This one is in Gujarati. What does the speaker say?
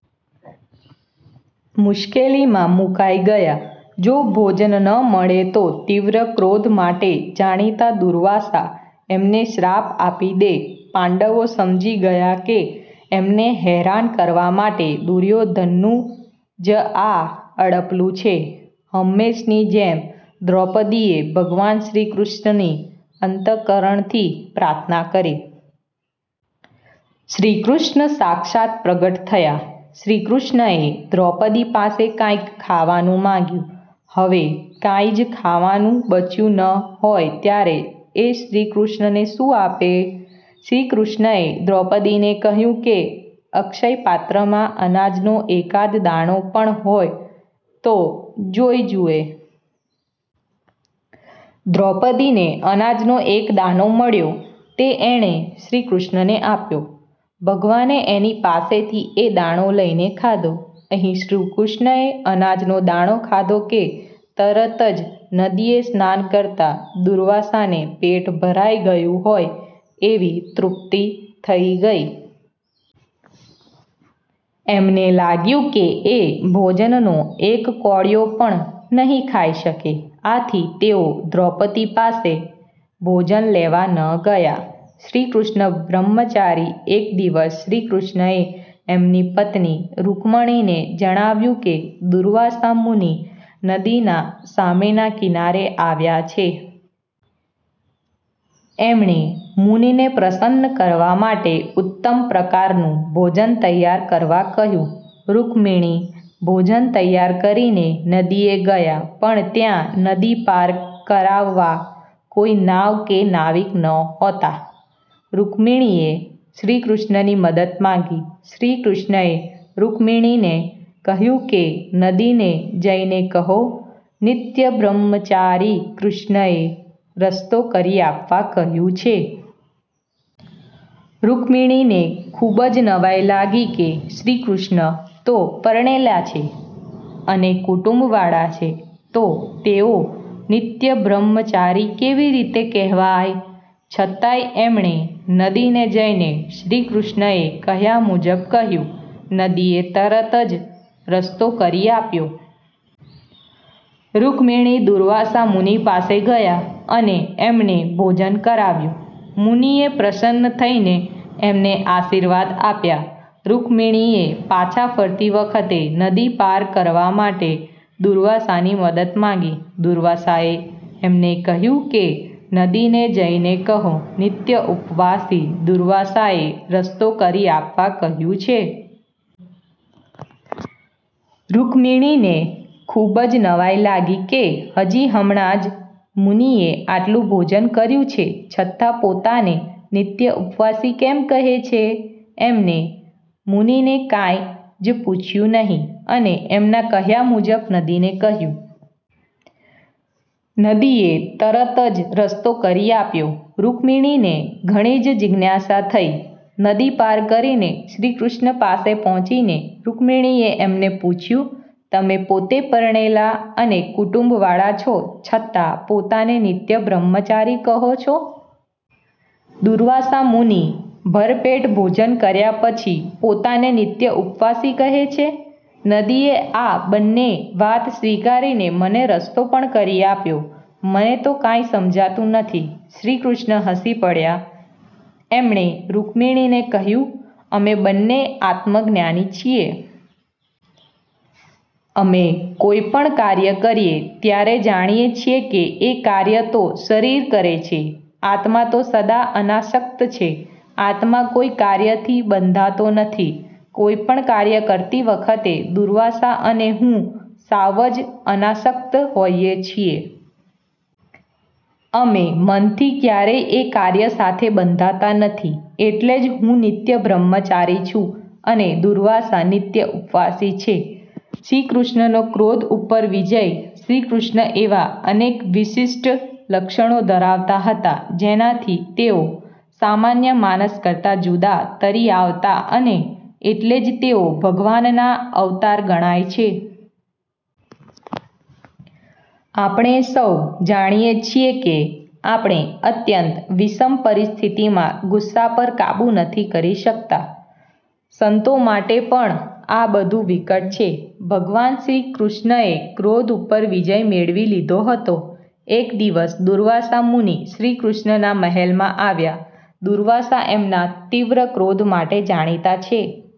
મુશ્કેલીમાં મુકાઇ ગયા. જો ભોજન ન મળે તો તીવ્ર ક્રોધ માટે જાણીતા દુર્વાસા એમને શ્રાપ આપી દે. પાંડવો સમજી ગયા કે એમને હેરાન કરવા માટે દુર્યોધનનું જ આ અડપલું છે. હંમેશની જેમ દ્રૌપદીએ ભગવાન શ્રીકૃષ્ણની અંત:કરણથી પ્રાર્થના કરી. શ્રીકૃષ્ણ સાક્ષાત પ્રગટ થયા! શ્રીકૃષ્ણએ દ્રૌપદી પાસે કાંઇક ખાવાનું માંગ્યું. હવે કાંઈ જ ખાવાનું બચ્યું ન હોય ત્યારે એ શ્રીકૃષ્ણને શું આપે? શ્રીકૃષ્ણએ દ્રૌપદીને કહ્યું કે અક્ષયપાત્રમાં અનાજનો એકાદ દાણો પણ હોય તો જોઈ જુએ. દ્રૌપદીને અનાજનો એક દાણો મળ્યો તે એણે શ્રીકૃષ્ણને આપ્યો. ભગવાને એની પાસેથી એ દાણો લઈને ખાધો. અહીં શ્રીકૃષ્ણએ અનાજનો દાણો ખાધો કે તરત જ નદીએ સ્નાન કરતા દુર્વાસાને પેટ ભરાઈ ગયું હોય એવી તૃપ્તિ થઇ ગઈ! એમને લાગ્યું કે એ ભોજનનો એક કોળિયો પણ નહીં ખાઈ શકે. આથી તેઓ દ્રૌપદી પાસે ભોજન લેવા ન ગયા. શ્રીકૃષ્ણ બ્રહ્મચારી એક દિવસ શ્રીકૃષ્ણએ એમની પત્ની રુકમિણીને જણાવ્યું કે દુર્વાસા મુનિ નદીના સામેના કિનારે આવ્યા છે. એમણે મુનિને પ્રસન્ન કરવા માટે ઉત્તમ પ્રકારનું ભોજન તૈયાર કરવા કહ્યું. રુકમિણી ભોજન તૈયાર કરીને નદીએ ગયાં પણ ત્યાં નદી પાર કરાવવા કોઈ નાવ કે નાવિક નહોતા. રુકમિણીએ શ્રીકૃષ્ણની મદદ માંગી. શ્રીકૃષ્ણએ રુકમિણીને કહ્યું કે નદીને જઈને કહો, "નિત્ય બ્રહ્મચારી કૃષ્ણએ રસ્તો કરી આપવા કહ્યું છે". રુકમિણીને ખુબ જ નવાઈ લાગી કે શ્રીકૃષ્ણ તો પરણેલા છે અને કુટુંબ વાળા છે તો તેઓ નિત્ય બ્રહ્મચારી કેવી રીતે કહેવાય? છતાંય એમણે નદીને જઈને શ્રીકૃષ્ણએ કહ્યા મુજબ કહ્યું. નદીએ તરત જ રસ્તો કરી આપ્યો. રુકમિણી દુર્વાસા મુનિ પાસે ગયાં અને એમને ભોજન કરાવ્યું. મુનિએ પ્રસન્ન થઈને એમને આશીર્વાદ આપ્યા. રુકમિણીએ પાછા ફરતી વખતે નદી પાર કરવા માટે દુર્વાસાની મદદ માંગી. દુર્વાસાએ એમને કહ્યું કે નદીને જઈને કહો, "નિત્ય ઉપવાસી દુર્વાસાએ રસ્તો કરી આપવા કહ્યું છે". રુકમિણીને ખુબ જ નવાઈ લાગી કે હજી હમણાં જ મુનિએ આટલું ભોજન કર્યું છે છતાં પોતાને નિત્ય ઉપવાસી કેમ કહે છે? એમણે મુનિને કાંઈ જ પૂછ્યું નહીં અને એમના કહ્યા મુજબ નદીને કહ્યું. નદીએ તરત જ રસ્તો કરી આપ્યો. રુકમિણીને ઘણી જ જીજ્ઞાસા થઇ. નદી પાર કરીને શ્રીકૃષ્ણ પાસે પહોંચીને રુકમિણીએ એમને પૂછ્યું, "તમે પોતે પરણેલા અને કુટુંબ વાળા છો છતાં પોતાને નિત્ય બ્રહ્મચારી કહો છો. દુર્વાસા મુનિ ભરપેટ ભોજન કર્યા પછી પોતાને નિત્ય ઉપવાસી કહે છે. નદીએ આ બંને વાત સ્વીકારીને મને રસ્તો પણ કરી આપ્યો. મને તો કાંઈ સમજાતું નથી". શ્રીકૃષ્ણ હસી પડ્યા. એમણે રુકમિણીને કહ્યું, "અમે બંને આત્મજ્ઞાની છીએ. અમે કોઈ પણ કાર્ય કરીએ ત્યારે જાણીએ છીએ કે એ કાર્ય તો શરીર કરે છે. આત્મા તો સદા અનાસક્ત છે આત્મા કોઈ કાર્યથી બંધાતો નથી. કોઈ પણ કાર્ય કરતી વખતે દુર્વાસા અને હું સાવ જ અનાસક્ત હોઈએ છીએ. અમે મનથી ક્યારેય એ કાર્ય સાથે બંધાતા નથી. એટલે જ હું નિત્ય બ્રહ્મચારી છું અને દુર્વાસા નિત્ય ઉપવાસી છે". શ્રીકૃષ્ણનો ક્રોધ ઉપર વિજય શ્રીકૃષ્ણ એવા અનેક વિશિષ્ઠ લક્ષણો ધરાવતા હતા જેનાથી તેઓ સામાન્ય માણસ કરતાં જુદા તરી આવતા અને એટલે જ તેઓ ભગવાનના અવતાર ગણાય છે. આપણે સૌ જાણીએ છીએ કે આપણે અત્યંત વિષમ પરિસ્થિતિમાં ગુસ્સા પર કાબુ નથી કરી શકતા. સંતો માટે પણ આ ઘણું વિકટ છે. ભગવાન શ્રીકૃષ્ણએ ક્રોધ ઉપર વિજય મેળવી લીધો હતો. એક દિવસ દુર્વાસા મુનિ શ્રીકૃષ્ણના મહેલમાં આવ્યા. દુર્વાસા એમના તીવ્ર ક્રોધ માટે જાણીતા છે.